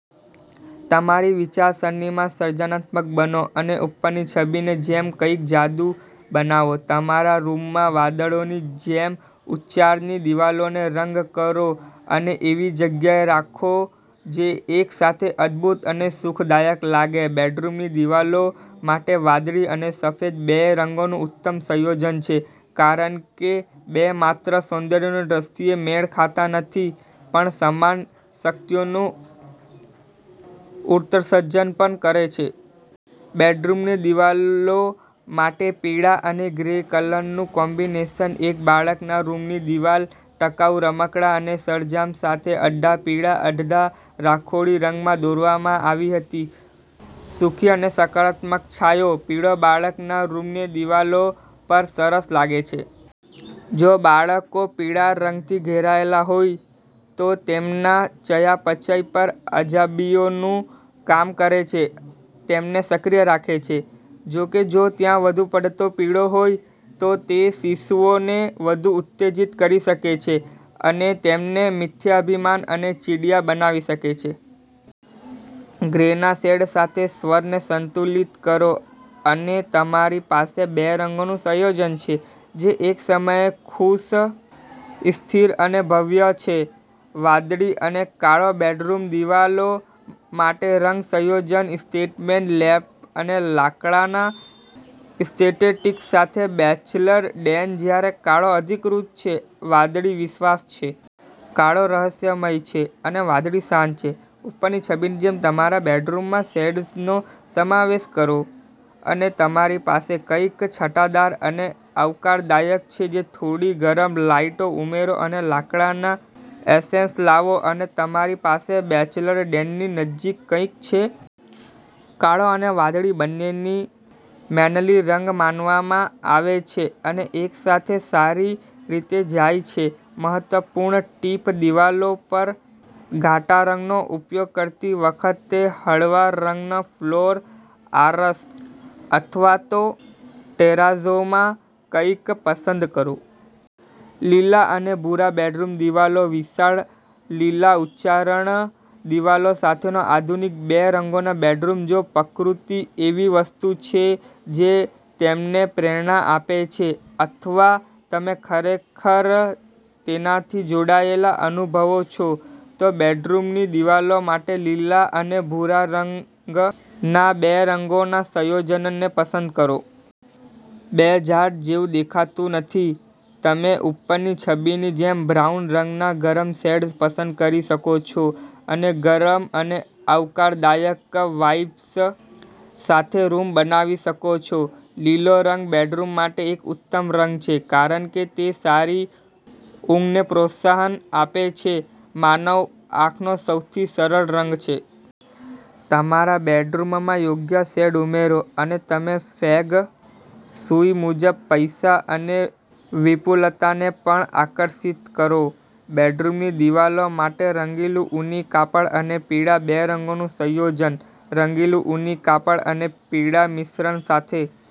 તમારી વિચારસરણીમાં સર્જનાત્મક બનો અને ઉપરની છબીની જેમ કંઈક જાદુ બનાવો. તમારા રૂમમાં વાદળોની જેમ ઉચ્ચારની દીવાલને રંગ કરો અને એવી જગ્યા રાખો જે એક સાથે અદભૂત અને સુખદાયક લાગે. બેડરૂમની દીવાલો માટે વાદળી અને સફેદ બે રંગનું ઉત્તમ સંયોજન છે, કારણ કે બે માત્ર સૌંદર્યની દૃષ્ટિએ મેળ ખાતા નથી પણ સમાન શક્તિઓનું ઉત્સર્જન પણ કરે છે. બેડરૂમની દિવાલો માટે પીળા અને ગ્રે કલરનું કોમ્બિનેશન એક બાળકના રૂમની દિવાલ ટકાઉ રમકડાં અને સરંજામ સાથે અડધા પીળા અને અડધા રાખોડી રંગમાં દોરવામાં આવી હતી. સુખી અને સકારાત્મક છાંયો, પીળો, બાળકના રૂમની દિવાલો પર સરસ લાગે છે. જો બાળકો પીળા રંગથી ઘેરાયેલા હોય, તો તે તેમના ચયાપચય પર અજાયબીઓનું કામ કરે છે અને તેમને સક્રિય રાખે છે. જો કે, જો ત્યાં વધુ પડતો પીળો હોય, તો તે શિશુઓને વધુ ઉત્તેજિત કરી શકે છે અને તેમને મિથ્યાભિમાન અને ચીડિયા બનાવી શકે છે. ગ્રેના શેડ સાથે સ્વરને સંતુલિત કરો, અને તમારી પાસે બે રંગ સંયોજન છે જે એકસમયે ખુશ, સ્થિર અને ભવ્ય છે. વાદળી અને કાળો બેડરૂમ દિવાલો માટે રંગ સંયોજન સ્ટેટમેન્ટ લેમ્પ અને લાકડાના એસ્ટેટિક્સ સાથે બેચલર ડેન જ્યારે કાળો અધિકૃત છે, વાદળી વિશ્વાસ છે. કાળો રહસ્યમય છે, અને વાદળી શાંત છે. ઉપરની છબીની જેમ તમારા બેડરૂમમાં શેડ્સનો સમાવેશ કરો. અને તમારી પાસે કંઈક છટાદાર અને આવકારદાયક છે. થોડી ગરમ લાઇટો ઉમેરો અને લાકડાના એસેન્સ લાવો, અને તમારી પાસે બેચલર ડેનની નજીક કંઈક છે. કાળો અને વાદળી બંનેને મેનલી રંગ માનવામાં આવે છે અને એકસાથે સારી રીતે જાય છે. મહત્વપૂર્ણ ટીપ દિવાલો પર ઘાટા રંગનો ઉપયોગ કરતી વખતે, હળવા રંગના ફ્લોર, આરસ અથવા તો ટેરાઝોમાં કંઈક પસંદ કરો. લીલા અને ભૂરા બેડરૂમ દિવાલો વિશાળ લીલા ઉચ્ચારણ દિવાલ સાથેનો આધુનિક બે રંગનો બેડરૂમ જો પ્રકૃતિ એવી વસ્તુ છે જે તમને પ્રેરણા આપે છે, અથવા તમે ખરેખર તેનાથી જોડાયેલા અનુભવો છો, તો બેડરૂમની દિવાલો માટે લીલા અને ભૂરા રંગના બે રંગના સંયોજનને પસંદ કરો. તે ઝાડ જેવું દેખાતું નથી. તમે ઉપરની છબીની જેમ બ્રાઉન રંગના ગરમ શેડ્સ પસંદ કરી શકો છો અને ગરમ અને આવકારદાયક વાઇબ્સ સાથે રૂમ બનાવી શકો છો. લીલો રંગ બેડરૂમ માટે એક ઉત્તમ રંગ છે કારણ કે તે સારી ઊંઘને પ્રોત્સાહન આપે છે, માનવ આંખનો સૌથી સરળ રંગ છે. તમારા બેડરૂમમાં યોગ્ય શેડ ઉમેરો, અને તમે ફેંગ શુઇ મુજબ પૈસા અને વિપુલતાને પણ આકર્ષિત કરો. બેડરૂમની દિવાલો માટે રંગેલું ઊની કાપડ અને પીળા બે રંગનું સંયોજન. રંગેલું ઊની કાપડ અને પીળા મિશ્રણ સાથે